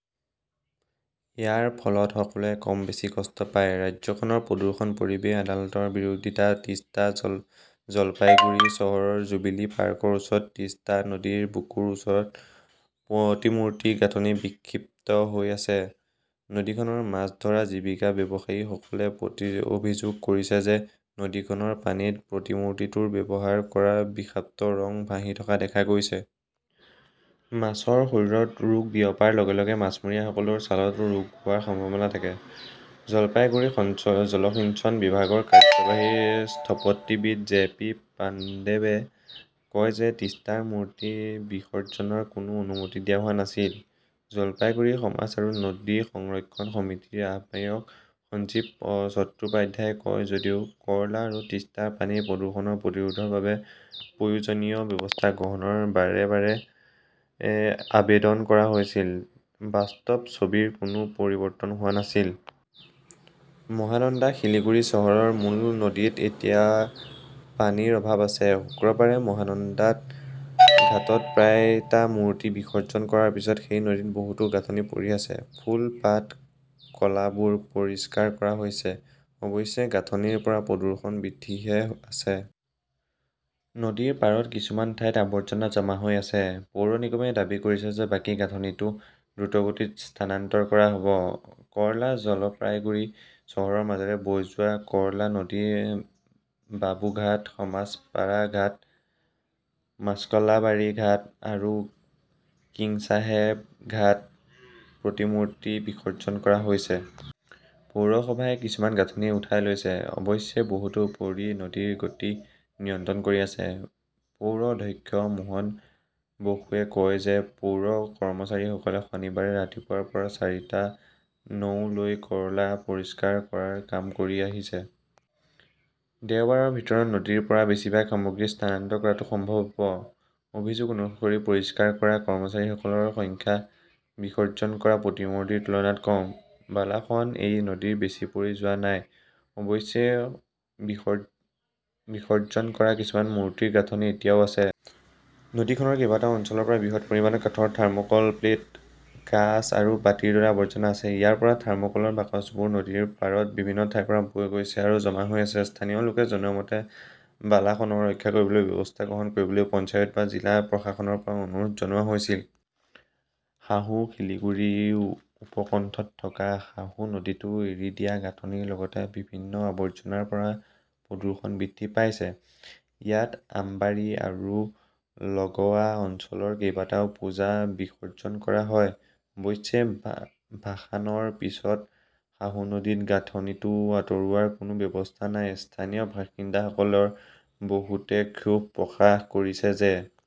ইয়াৰ ফলত সকলোৱে কম বেছি কষ্ট পায়। "। ৰাজ্যখনৰ প্ৰদূষণ-পৰিৱেশ আদালতৰ বিৰোধিতা তিষ্টা জলপাইগুৰি চহৰৰ জুবিলি পাৰ্কৰ ওচৰৰ তিষ্টা নদীৰ বুকুৰ ওপৰত প্ৰতিমূৰ্তিৰ গাঁথনি বিক্ষিপ্ত হৈ আছে। নদীখনত মাছ ধৰা জীৱিকা ব্যৱহাৰকাৰীসকলে অভিযোগ কৰিছে যে নদীখনৰ পানীত প্ৰতিমূৰ্তিটোত ব্যৱহাৰ কৰা বিষাক্ত ৰং ভাহি থকা দেখা গৈছে। মাছৰ শৰীৰত ৰোগ বিয়পাৰ লগে লগে মাছমৰীয়াসকলেও ছালৰ ৰোগ হোৱাৰ সম্ভাৱনা থাকে। জলপাইগুৰি জলসিঞ্চন বিভাগৰ কাৰ্যবাহী স্থপতিবিদ জে পি পাণ্ডেয়ে কয় যে তিষ্টাত মূৰ্তি বিসৰ্জনৰ কোনো অনুমতি দিয়া হোৱা নাছিল। জলপাইগুৰি সমাজ আৰু নদী সংৰক্ষণ সমিতিৰ আহ্বায়ক সঞ্জীৱ চট্টোপাধ্যায়ই কয়, "যদিও কৰলা আৰু তিষ্টাৰ পানীৰ প্ৰদূষণ প্ৰতিৰোধৰ বাবে প্ৰয়োজনীয় ব্যৱস্থা গ্ৰহণৰ বাবে বাৰে বাৰে আবেদন কৰা হৈছিল, বাস্তৱ ছবিৰ কোনো পৰিৱৰ্তন হোৱা নাছিল। মহানন্দা শিলিগুৰি চহৰৰ মূল নদীত এতিয়া পানীৰ অভাৱ আছে। শুকুৰবাৰে মহানন্দাৰ টা ঘাটত প্ৰায় টা মূৰ্তি বিসৰ্জন কৰাৰ পিছত সেই নদীত বহুতো গাঁথনি পৰি আছে। ফুল-পাত, কলাবোৰ পৰিষ্কাৰ কৰা হৈছে। অৱশ্যে, গাঁথনিৰ পৰা প্ৰদূষণ বৃদ্ধি হৈ আছে। নদীৰ পাৰত কিছুমান ঠাইত আৱৰ্জনা জমা হৈ আছে। পৌৰ নিগমে দাবী কৰিছে যে বাকী গাঁথনিটো দ্ৰুতগতিত স্থানান্তৰ কৰা হ 'ব। কৰলা জলপাইগুৰি চহৰৰ মাজেৰে বৈ যোৱা কৰলা নদীৰ বাবুঘাট, সমাজ পাৰা ঘাট, মাস্কলাইবাৰী ঘাট আৰু কিংছাহেব ঘাটত প্ৰতিমূৰ্তি বিসৰ্জন কৰা হৈছে। পৌৰসভাই কিছুমান গাঁথনি উঠাই লৈছে। অৱশ্যে, বহুতো পৰি পানীৰ গতি নিয়ন্ত্ৰণ কৰি আছে। পৌৰ অধ্যক্ষ মোহন বসুৱে কয় যে পৌৰ কৰ্মচাৰীসকলে শনিবাৰে ৰাতিপুৱাৰ পৰা চাৰিটা নাও লৈ কৰলা পৰিষ্কাৰ কৰাৰ কাম কৰি আহিছে। দেওবাৰৰ ভিতৰত নদীৰ পৰা বেছিভাগ সামগ্ৰী স্থানান্তৰ কৰাটো সম্ভৱ হ 'ব। অভিযোগ অনুসৰি পৰিষ্কাৰ কৰা কৰ্মচাৰীসকলৰ সংখ্যা বিসৰ্জন কৰা প্ৰতিমূৰ্তিৰ তুলনাত কম। বালাসন এই নদীত বেছি পৰি যোৱা নাই। অৱশ্যে, বিসৰ্জন কৰা কিছুমান মূৰ্তিৰ গাঁথনি এতিয়াও আছে। নদীখনত কেইবাটাও অঞ্চলৰ পৰা বৃহৎ পৰিমাণৰ কাঠৰ থাৰ্ম "কল প্লেট, কাঁচ আৰু বাটিৰ দৰে আৱৰ্জনা আছে। ইয়াৰ ওপৰত থৰ্ম "কলৰ বাকচবোৰ নদীৰ পাৰত বিভিন্ন ঠাইৰ পৰা বৈ গৈছে আৰু জমা হৈ আছে। স্থানীয় লোকে জনোৱা মতে, বালাসনক ৰক্ষা কৰিবলৈ ব্যৱস্থা গ্ৰহণ কৰিবলৈ পঞ্চায়ত বা জিলা প্ৰশাসনৰ পৰা অনুৰোধ জনোৱা হৈছিল। সাহু শিলিগুৰিৰ উপকণ্ঠত থকা সাহু নদীতো এৰি দিয়া গাঁথনিৰ লগতে বিভিন্ন আৱৰ্জনাৰ পৰা প্ৰদূষণ বৃদ্ধি পাইছে। ইয়াত আম্বাৰী আৰু লগৱা অঞ্চলৰ কেইবাটাও পূজা বিসৰ্জন কৰা হয়। অৱশ্যে, ভাসানৰ পিছত সাহু নদীত গাঁথনিটো আঁতৰোৱাৰ কোনো ব্যৱস্থা নাই। স্থানীয় বাসিন্দাসকলৰ বহুতে ক্ষোভ প্ৰকাশ কৰিছে যে